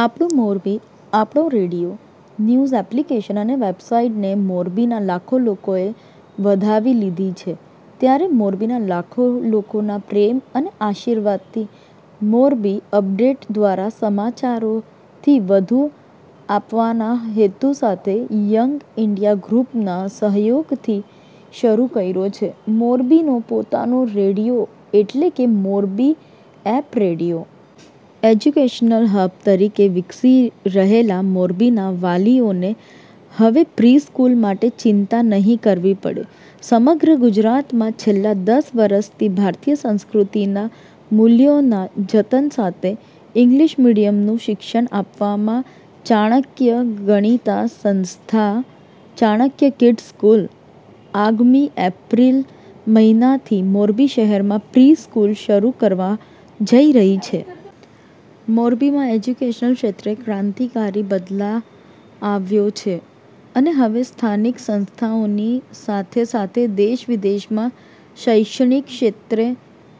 આપણું મોરબી.. આપણો radio.. news application અને વેબસાઈટને મોરબીના લાખો લોકોએ વધાવી લીધી છે. ત્યારે મોરબીના લાખો લોકોના પ્રેમ અને આશીર્વાદથી મોરબી અપડેટ દ્વારા સમાચારોથી વધુ આપવાના હેતુ સાથે યંગ ઇન્ડિયા ગ્રુપના સહયોગથી શરૂ કર્યો છે મોરબીનો પોતાનો રેડીઓ એટલે કે Morbi app radio.. education hub તરીકે વિકસી રહેલા મોરબીના વાલીઓને હવે પ્રિ સ્કૂલ માટે ચિંતા નહિ કરવી પડે, સમગ્ર ગુજરાતમાં છેલ્લા દસ વર્ષથી ભારતીય સંસ્કૃતિના મૂલ્યોના જતન સાથે ઈંગ્લીશ મીડીયમનું શિક્ષણ આપવામાં ચાણક્ય ગણાતી સંસ્થા "ચાણક્ય કિડ્સ સ્કૂલ" આગામી એપ્રિલ મહિનાથી મોરબી શહેરમાં પ્રિ સ્ફુલ શરૂ કરવા જઈ રહી છે. મોરબીમાં એજ્યુકેશન ક્ષેત્રે ક્રાંતિકારી બદલાવ આવ્યો છે અને હવે સ્થાનિક સંસ્થાઓની સાથેસાથે દેશવિદેશમાં શૈક્ષણિક ક્ષેત્રે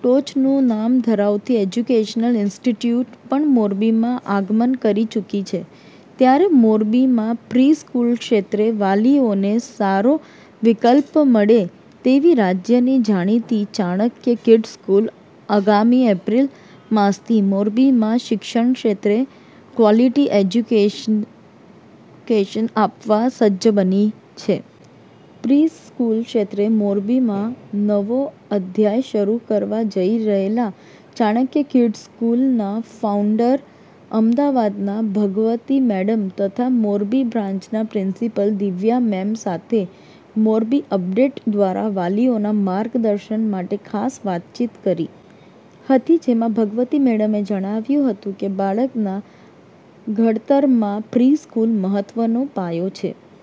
ટોચનું નામ ધરાવતી એજ્યુકેશન ઇન્સ્ટિટ્યૂટ પણ મોરબીમાં આગમન કરી ચુકી છે ત્યારે મોરબીમાં પ્રિ સ્કૂલ ક્ષેત્રે વાલીઓને સારો વિકલ્પ મળે તેવી રાજ્યની જાણીતી ચાણક્ય કિડ્સ સ્કૂલ આગામી એપ્રિલ માસથી મોરબીમાં શિક્ષણક્ષેત્રે ક્વોલિટી એજ્યુકેશન આપવા સજ્જ બની છે. પ્રિ સ્કૂલ ક્ષેત્રે મોરબીમાં નવો અધ્યાય શરૂ કરવા જઈ રહેલા ચાણક્ય કિડ્સ સ્કૂલના ફાઉન્ડર અમદાવાદના ભગવતી મેડમ તથા મોરબી બ્રાન્ચના પ્રિન્સિપાલ દિવ્યા મેમ સાથે મોરબી અપડેટ દ્વારા વાલીઓના માર્ગદર્શન માટે ખાસ વાતચીત કરી હતી જેમાં ભગવતી મેડમે જણાવ્યું હતું કે બાળકના ઘડતરમાં પ્રિ સ્કૂલ મહત્વનો પાયો છે,